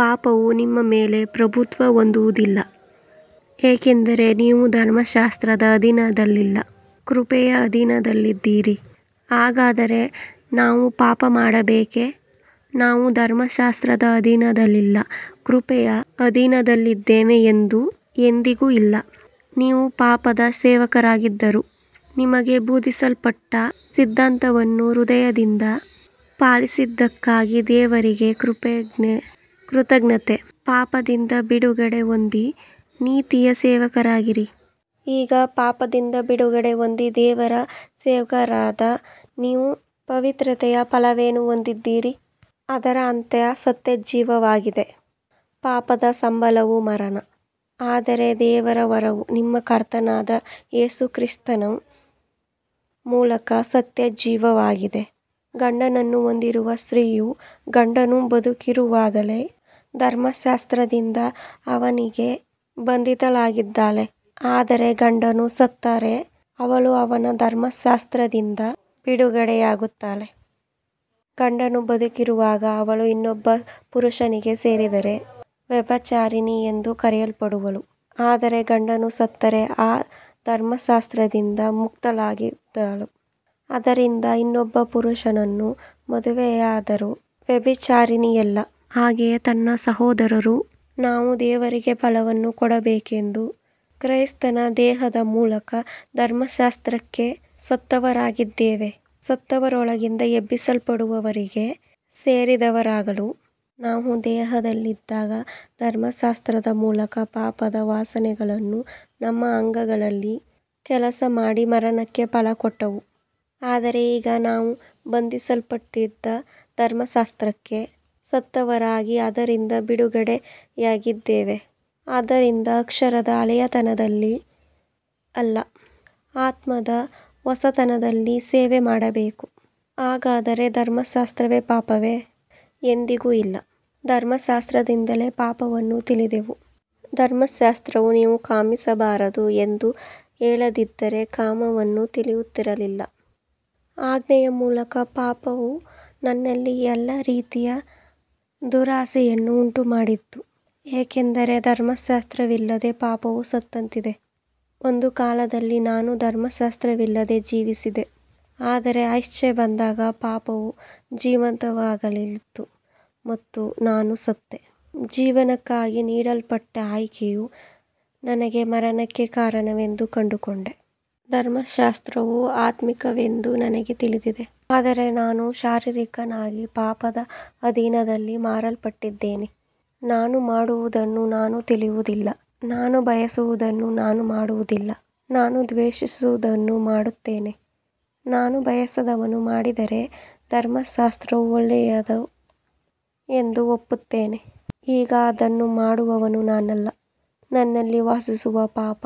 ಪಾಪವು ನಿಮ್ಮ ಮೇಲೆ ಪ್ರಭುತ್ವ ಹೊಂದುವುದಿಲ್ಲ, ಏಕೆಂದರೆ ನೀವು ಧರ್ಮಶಾಸ್ತ್ರದ ಅಧೀನದಲ್ಲಿಲ್ಲ, ಕೃಪೆಯ ಅಧೀನದಲ್ಲಿದ್ದೀರಿ. ಹಾಗಾದರೆ ನಾವು ಪಾಪಮಾಡಬೇಕೇ, ನಾವು ಧರ್ಮಶಾಸ್ತ್ರದ ಅಧೀನದಲ್ಲಿಲ್ಲ, ಕೃಪೆಯ ಅಧೀನದಲ್ಲಿದ್ದೇವೆ ಎಂದು. ಎಂದಿಗೂ ಇಲ್ಲ. ನೀವು ಪಾಪದ ಸೇವಕರಾಗಿದ್ದರೂ, ನಿಮಗೆ ಬೋಧಿಸಲ್ಪಟ್ಟ ಸಿದ್ಧಾಂತವನ್ನು ಹೃದಯದಿಂದ ಪಾಲಿಸಿದ್ದಕ್ಕಾಗಿ ದೇವರಿಗೆ ಕೃತಜ್ಞತೆ. ಪಾಪದಿಂದ ಬಿಡುಗಡೆ ಹೊಂದಿ ನೀತಿಯ ಸೇವಕರಾದಿರಿ. ಈಗ ಪಾಪದಿಂದ ಬಿಡುಗಡೆ ಹೊಂದಿ ದೇವರ ಸೇವಕರಾದ ನೀವು ಪವಿತ್ರತೆಯ ಫಲವನ್ನು ಹೊಂದಿದ್ದೀರಿ, ಅದರ ಅಂತ್ಯ ನಿತ್ಯಜೀವವಾಗಿದೆ. ಪಾಪದ ಸಂಬಳವು ಮರಣ, ಆದರೆ ದೇವರ ವರವು ನಮ್ಮ ಕರ್ತನಾದ ಯೇಸು ಕ್ರಿಸ್ತನ ಮೂಲಕ ನಿತ್ಯಜೀವವಾಗಿದೆ. ಗಂಡನನ್ನು ಹೊಂದಿರುವ ಸ್ತ್ರೀಯು ಗಂಡನು ಬದುಕಿರುವವರೆಗೂ ಧರ್ಮಶಾಸ್ತ್ರದಿಂದ ಅವನಿಗೆ ಬಂಧಿತಳಾಗಿದ್ದಾಳೆ, ಆದರೆ ಗಂಡನು ಸತ್ತರೆ ಅವಳು ಅವನ ಧರ್ಮಶಾಸ್ತ್ರದಿಂದ ಬಿಡುಗಡೆಯಾಗುತ್ತಾಳೆ. ಗಂಡನು ಬದುಕಿರುವಾಗ ಅವಳು ಇನ್ನೊಬ್ಬ ಪುರುಷನಿಗೆ ಸೇರಿದರೆ ವ್ಯಭಿಚಾರಿಣಿ ಎಂದು ಕರೆಯಲ್ಪಡುವಳು, ಆದರೆ ಗಂಡನು ಸತ್ತರೆ ಆ ಧರ್ಮಶಾಸ್ತ್ರದಿಂದ ಮುಕ್ತಳಾಗಿದ್ದಾಳೆ, ಆದ್ದರಿಂದ ಇನ್ನೊಬ್ಬ ಪುರುಷನನ್ನು ಮದುವೆಯಾದರೂ ವ್ಯಭಿಚಾರಿಣಿಯಲ್ಲ. ಹಾಗೆಯೇ ನನ್ನ ಸಹೋದರರು, ನಾವು ದೇವರಿಗೆ ಫಲವನ್ನು ಕೊಡಬೇಕೆಂದು ಕ್ರಿಸ್ತನ ದೇಹದ ಮೂಲಕ ಧರ್ಮಶಾಸ್ತ್ರಕ್ಕೆ ಸತ್ತವರಾಗಿದ್ದೇವೆ, ಸತ್ತವರೊಳಗಿಂದ ಎಬ್ಬಿಸಲ್ಪಟ್ಟವನಿಗೆ ಸೇರಿದವರಾಗಲು. ನಾವು ದೇಹದಲ್ಲಿದ್ದಾಗ ಧರ್ಮಶಾಸ್ತ್ರದ ಮೂಲಕ ಪಾಪದ ವಾಸನೆಗಳನು ನಮ್ಮ ಅಂಗಗಳಲ್ಲಿ ಕೆಲಸಮಾಡಿ ಮರಣಕ್ಕೆ ಫಲಕೊಟ್ಟವು. ಆದರೆ ಈಗ ನಾವು ಬಂಧಿಸಲ್ಪಟ್ಟಿದ್ದ ಧರ್ಮಶಾಸ್ತ್ರಕ್ಕೆ ಸತ್ತವರಾಗಿ ಅದರಿಂದ ಬಿಡುಗಡೆಯಾಗಿದ್ದೇವೆ, ಆದ್ದರಿಂದ ಅಕ್ಷರದ ಹಳೆಯತನದಲ್ಲಿ ಅಲ್ಲ, ಆತ್ಮದ ಹೊಸತನದಲ್ಲಿ ಸೇವೆಮಾಡಬೇಕು. ಹಾಗಾದರೆ ಧರ್ಮಶಾಸ್ತ್ರವೇ ಪಾಪವೇ. ಎಂದಿಗೂ ಇಲ್ಲ. ಧರ್ಮಶಾಸ್ತ್ರದಿಂದಲೇ ಪಾಪವನ್ನು ತಿಳಿದೆವು. ಧರ್ಮಶಾಸ್ತ್ರವು ನೀನು ಕಾಮಿಸಬಾರದು ಎಂದು ಹೇಳದಿದ್ದರೆ ಕಾಮವನ್ನು ತಿಳಿಯುತ್ತಿರಲಿಲ್ಲ. ಆಜ್ಞೆಯ ಮೂಲಕ ಪಾಪವು ನನ್ನಲ್ಲಿ ಎಲ್ಲಾ ರೀತಿಯ ದುರಾಶೆಯನ್ನು ಉಂಟುಮಾಡಿತು, ಏಕೆಂದರೆ ಧರ್ಮಶಾಸ್ತ್ರವಿಲ್ಲದೆ ಪಾಪವು ಸತ್ತಂತಿದೆ. ಒಂದು ಕಾಲದಲ್ಲಿ ನಾನು ಧರ್ಮಶಾಸ್ತ್ರವಿಲ್ಲದೆ ಜೀವಿಸಿದ್ದೆ, ಆದರೆ ಆಜ್ಞೆ ಬಂದಾಗ ಪಾಪವು ಜೀವಂತವಾಯಿತು ಮತ್ತು ನಾನು ಸತ್ತೆ. ಜೀವನಕ್ಕಾಗಿ ನೀಡಲ್ಪಟ್ಟ ಆಯ್ಕೆಯು ನನಗೆ ಮರಣಕ್ಕೆ ಕಾರಣವೆಂದು ಕಂಡುಕೊಂಡೆ. ಧರ್ಮಶಾಸ್ತ್ರವು ಆತ್ಮಿಕವೆಂದು ನನಗೆ ತಿಳಿದಿದೆ, ಆದರೆ ನಾನು ಶರೀರಿಕನಾಗಿ ಪಾಪದ ಅಧೀನದಲ್ಲಿ ಮಾರಲ್ಪಟ್ಟಿದ್ದೇನೆ. ನಾನು ಮಾಡುವುದನ್ನು ನಾನು ತಿಳಿಯುವುದಿಲ್ಲ, ನಾನು ಬಯಸುವುದನ್ನು ನಾನು ಮಾಡುವುದಿಲ್ಲ, ನಾನು ದ್ವೇಷಿಸುವುದನು ಮಾಡುತ್ತೇನೆ. ನಾನು ಬಯಸದದ್ದನ್ನು ಮಾಡಿದರೆ ಧರ್ಮಶಾಸ್ತ್ರವು ಒಳ್ಳೆಯದು ಎಂದು ಒಪ್ಪುತ್ತೇನೆ. ಈಗ ಅದನ್ನು ಮಾಡುವವನು ನಾನಲ್ಲ, ನನ್ನಲ್ಲಿ ವಾಸಿಸುವ ಪಾಪ.